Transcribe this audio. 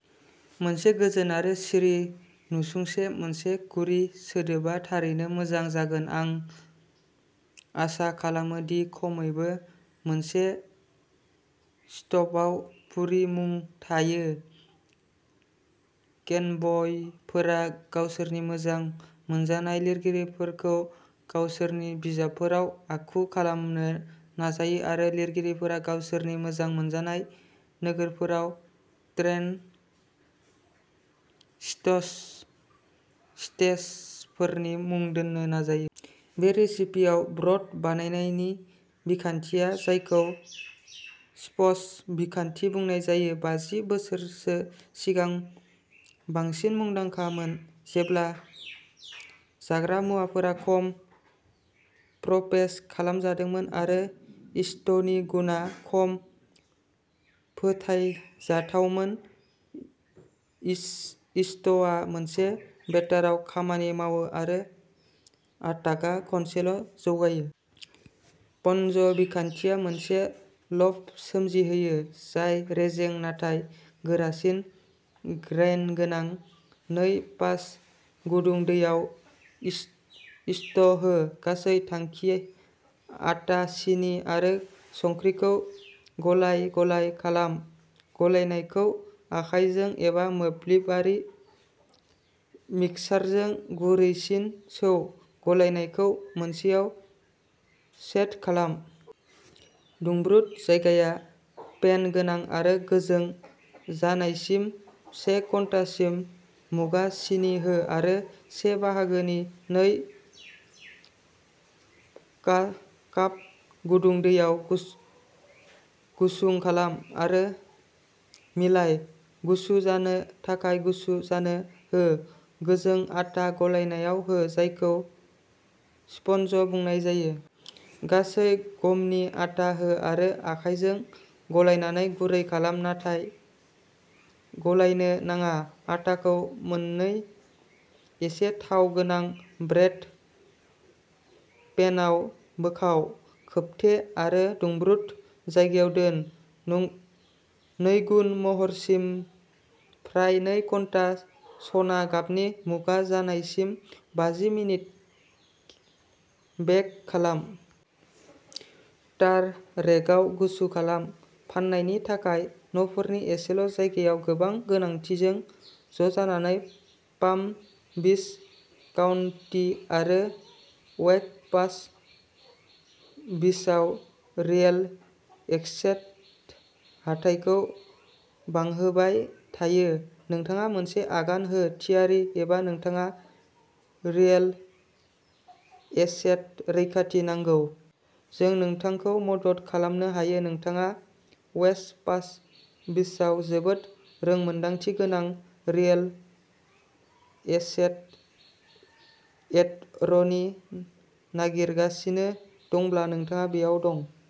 मोनसे गोजोन आरो सिरि नसुंसे मोनसे कुरि सोदोबआ थारैनो मोजां जागोन, आं आसा खालामो दि खमैबो मोनसे स्टपआव कुरि मुं थायो। फेनब'यफोरा गावसोरनि मोजां मोनजानाय लिरगिरिफोरखौ गावसोरनि बिजाबफोराव आखु खालामनो नाजायो आरो लिरगिरिफोरा गावसोरनि मोजां मोनजानाय नोगोरफोराव ट्रेन स्टश स्टेशफोरनि मुं दोन्नो नाजायो। बे रेसिपिआव ब्रड बानायनायनि बिखान्थिया जायखौ स्पन्ज बिखान्थि बुंनाय जायो। बाजि बोसोरसो सिगां बांसिन मुंदांखामोन। जेब्ला जाग्रा मुवाफोरा खम प्रपेस खालामजादोंमोन आरो इस्टनि गुनआ खम फोथायजाथावमोन। इस्टआ मोनसे बेटाराव खामानि मावो आरो आटाआ खनसेल' जौगायो। स्पन्ज बिखान्थिया मोनसे ल'फ सोमजिहोयो जाय रेजें नाथाय गोरासिन ग्रेइन गोनां। नै काप गुदुं दैयाव इस्ट हो। गासै थांखि आटा सिनि आरो संख्रिखौ गलाय-गलाय खालाम। गलायनायखौ आखायजों एबा मोब्लिबारि मिक्सारजों गुरैसिम सौ। गलायनायखौ मोनसेआव सेट खालाम। दुंब्रुद जायगाया फेन गोनां आरो गोजों जानायसिम से घन्टासिम। मुगा सिनि हो आरो से बाहागोनि नै काप गुदुं दैयाव गुसुं खालाम आरो मिलाय। गुसु जानो थाखाय गुसु जानो हो। गोजों आटा गलायनायाव हो, जायखौ स्पन्ज बुंनाय जायो। गासै गमनि आटा हो आरो आखायजों गलायनानै गुरै खालाम, नाथाय गलायनो नाङा। आटाखौ मोननै एसे थाव गोनां ब्रेड पेनआव बोखाव, खोबथे आरो दुंब्रुद जायगायाव दोन। नैगुन महरसिम फ्राय नै घन्टा सना गाबनि मुगा जानायसिम बाजि मिनिट बेक खालाम। तार रेकआव गुसु खालाम। फान्नायनि थाखाय न'फोरनि एसेल' जगायनाय गोबां गोनांथिजों ज'जानानै पाम बिच काउनटि आरो वेस्ट पाम बिचआव रियेल एस्टेट हाथाइखौ बांहोबाय थायो। नोंथाङा मोनसे आगान होनो थियारि एबा नोंथाङा रियेल एस्टेट रैखाथि नांगौ। जों नोंथांखौ मदद खालामनो हायो। नोंथाङा वेस्ट पाम बिचआव जोबोद रोंमोनदांथि गोनां रियेल एसेट एटरनि नागिरगासिनो दंब्ला, नोंथाङा बेयाव दं।